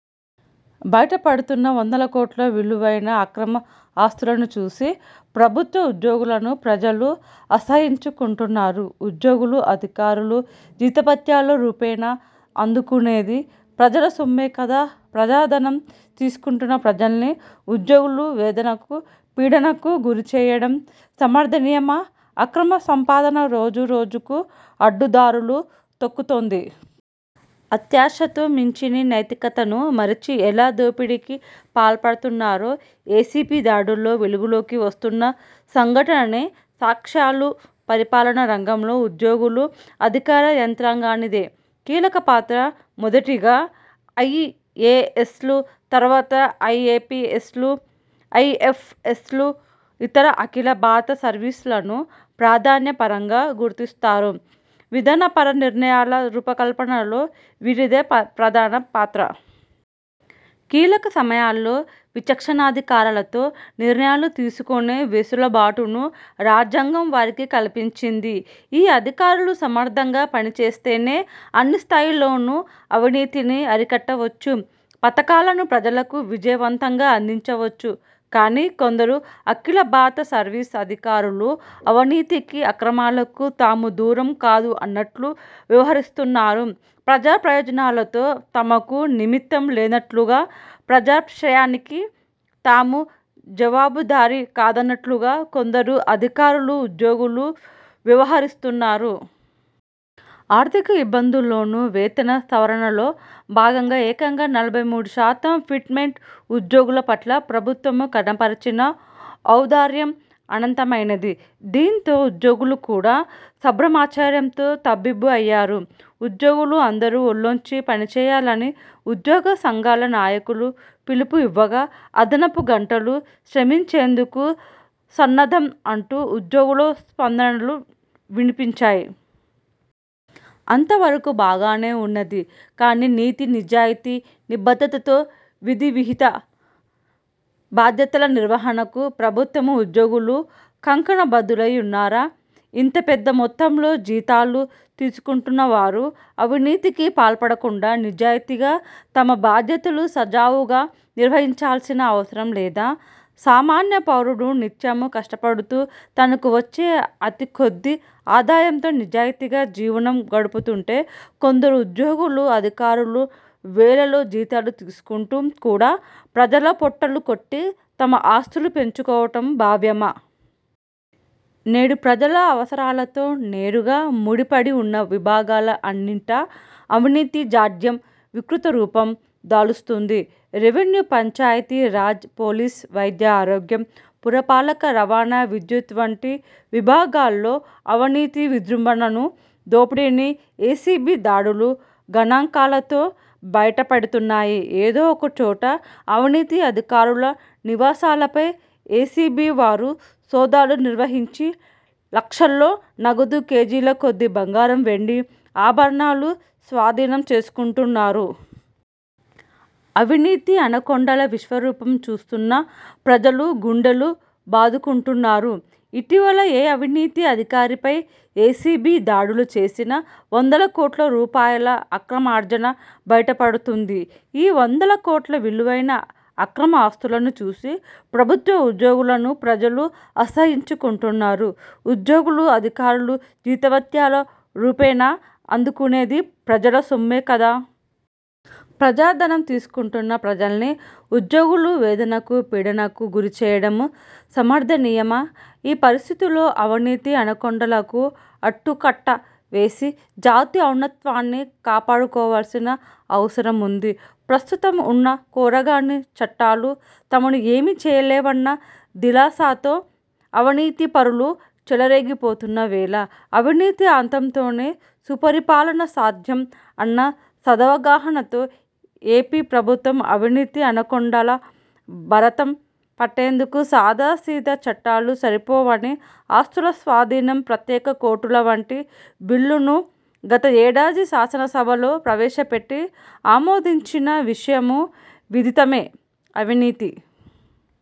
బయటపడుతున్న వందల కోట్ల విలువైన అక్రమ ఆస్తులను చూసి ప్రభుత్వ ఉద్యోగులను ప్రజలు అసహ్యించుకుంటున్నారు. ఉజ్యోగులు, అధికారులు జీతభత్యాల రూపేణా అందుకునేది ప్రజల సొమ్మే కదా. ప్రజాధనం తీసుకుంటున్న ప్రజల్ని ఉజ్యోగులు వేదనకు, పీడనకు గురిచేయడం సమర్థనీయమా? అక్రమ సంపాదన రోజు రోజుకు అడ్డుదారులు తొక్కుతోంది. అత్యాశతో మంచినీ, నైతికతను మరచి ఎలా దోపిడీకి పాల్పడుతున్నారో ఏసీబీ దాడుల్లో వెలుగులోకి వస్తున్న సంఘటననే సాక్ష్యాలు. పరిపాలనా రంగంలో ఉద్యోగులు, అధికార యంత్రాంగానిదే కీలకపాత్ర. మొదటిగా ఐఇఏఎస్లు, తరువాత ఐఏపీఎస్లు, ఐఎఫ్ఎస్లు, ఇతర అఖిల భారత సర్వీసులను ప్రాధాన్య పరంగా గుర్తిస్తారు. విధానపర నిర్ణయాల రూపకల్పనలో వీరిదే ప్ర ప్రధాన పాత్ర. కీలక సమయాల్లో విచక్షణాధికారాలతో నిర్ణయాలు తీసుకొనే వెసులుబాటును రాజ్యాంగం వారికి కల్పించింది. ఈ అధికారులు సమర్థంగా పనిచేస్తేనే అన్నిస్థాయిల్లోనూ అవినీతిని అరికట్టవచ్చు. పథకాలను ప్రజలకు విజయవంతంగా అందించవచ్చు. కానీ కొందరు అఖిలభారత సర్వీసు అధికారులు అవినీతికి, అక్రమాలకు తాము దూరం కాదు అన్నట్లు వ్యవహరిస్తున్నారు. ప్రజాప్రయోజనాలతో తమకు నిమిత్తం లేదన్నట్లుగా, ప్రజాశ్రేయానికి తాము జవాబుదారీ కాదట్లుగా కొందరు అధికారులు, ఉద్యోగులు వ్యవహరిస్తున్నారు. ఆర్థిక ఇబ్బందుల్లోనూ వేతన సవరణలో భాగంగా ఏకంగా నలభై మూడుశాతం ఫిట్ మెంట్ ఉద్యోగుల పట్ల ప్రభుత్వం కనబరిచిన ఔదార్యం అనంతమైనది. దీంతో ఉద్యోగులు కూడా సంభ్రమాశ్చర్యంతో తబ్బిబ్బు అయ్యారు. ఉద్యోగులు అందరూ ఒళ్లొంచి పనిచేయాలని ఉద్యోగ సంఘాల నాయకులు పిలుపు ఇవ్వగా, అదనపు గంటలు శ్రమించేందుకు సన్నద్ధం అంటూ ఉద్యోగుల స్పందనలు వినిపించాయి. అంతవరకూ బాగానే ఉన్నది. కానీ నీతి, నిజాయితీ, నిబద్ధతతో విధివిహిత బాధ్యతల నిర్వహణకు ప్రభుత్వ ఉద్యోగులు కంకణబద్దులై ఉన్నారా? ఇంత పెద్ద మొత్తంలో జీతాలు తీసుకుంటున్నవారు అవినీతికి పాల్పడకుండా నిజాయితీగా తమ బాధ్యతలు సజావుగా నిర్వహించాల్సిన అవసరం లేదా? సామాన్య పౌరుడు నిత్యం కష్టపడుతూ తనకు వచ్చే అతి కొద్ది ఆదాయంతో నిజాయితీగా జీవనం గడుపుతుంటే కొందరు ఉద్యోగులు, అధికారులు వేలల్లో జీతాలు తీసుకుంటూ కూడా ప్రజల పొట్టలుకొట్టి తమ ఆస్తులు పెంచుకోవటం భావ్యమా? నేడు ప్రజల అవసరాలతో నేరుగా ముడిపడి ఉన్న విభాగాల అన్నింటా అవినీతి జాడ్యం వికృతరూపం దాలుస్తుంది. రెవెన్యూ, పంచాయతీ రాజ్, పోలీస్, వైద్య ఆరోగ్యం, పురపాలక, రవాణా, విద్యుత్ వంటి విభాగాల్లో అవినీతి విజృంభణను, దోపిడీని ఏసీబీ దాడులు గణాంకాలతో బయటపెడుతున్నాయి. ఏదో ఒకచోట అవినీతి అధికారుల నివాసాలపై ఏసీబీ వారు సోదాలు నిర్వహించి లక్షల్లో నగదు, కేజీల కొద్ది బంగారం వెండి ఆభరణాలు స్వాధీనం చేసుకుంటున్నారు. అవినీతి అనకొండల విశ్వరూపం చూస్తున్న ప్రజలు గుండెలు బాదుకుంటున్నారు. ఇటీవల ఏ అవినీతి అధికారిపై ఏసీబీ దాడులు చేసినా వందల కోట్ల రూపాయల అక్రమార్జన బయటపడుతుంది. ఈ వందల కోట్ల విలువైన అక్రమ ఆస్తులను చూసి ప్రభుత్వ ఉద్యోగులను ప్రజలు అసహ్యించుకుంటున్నారు. ఉద్యోగులు, అధికారులు జీతభత్యాల రూపేణా అందుకునేది ప్రజల సొమ్మే కదా. ప్రజాధనం తీసుకుంటున్న ప్రజల్ని ఉద్యోగులు వేదనకు, పీడనకు గురిచేయడము సమర్థనీయమా? ఈ పరిస్థితుల్లో అవినీతి అనకొండలకు అడ్డుకట్ట వేసి జాతి ఔన్నత్వాన్ని కాపాడుకోవాల్సిన అవసరముంది. ప్రస్తుతం ఉన్న కొరగాని చట్టాలు తమను ఏమీ చేయలేవన్న దిలాసాతో అవినీతిపరులు చెలరేగిపోతున్న వేళ అవినీతి అంతంతోనే సుపరిపాలన సాధ్యం అన్న సదవగాహనతో ఏపీ ప్రభుత్వం అవినీతి అనకొండల భరతం పట్టేందుకు సాదా సీదా చట్టాలు సరిపోవని ఆస్తుల స్వాధీనం, ప్రత్యేక కోర్టుల వంటి బిల్లును గత ఏడాది శాసనసభలో ప్రవేశపెట్టి ఆమోదించిన విషయము విదితమే. అవినీతి,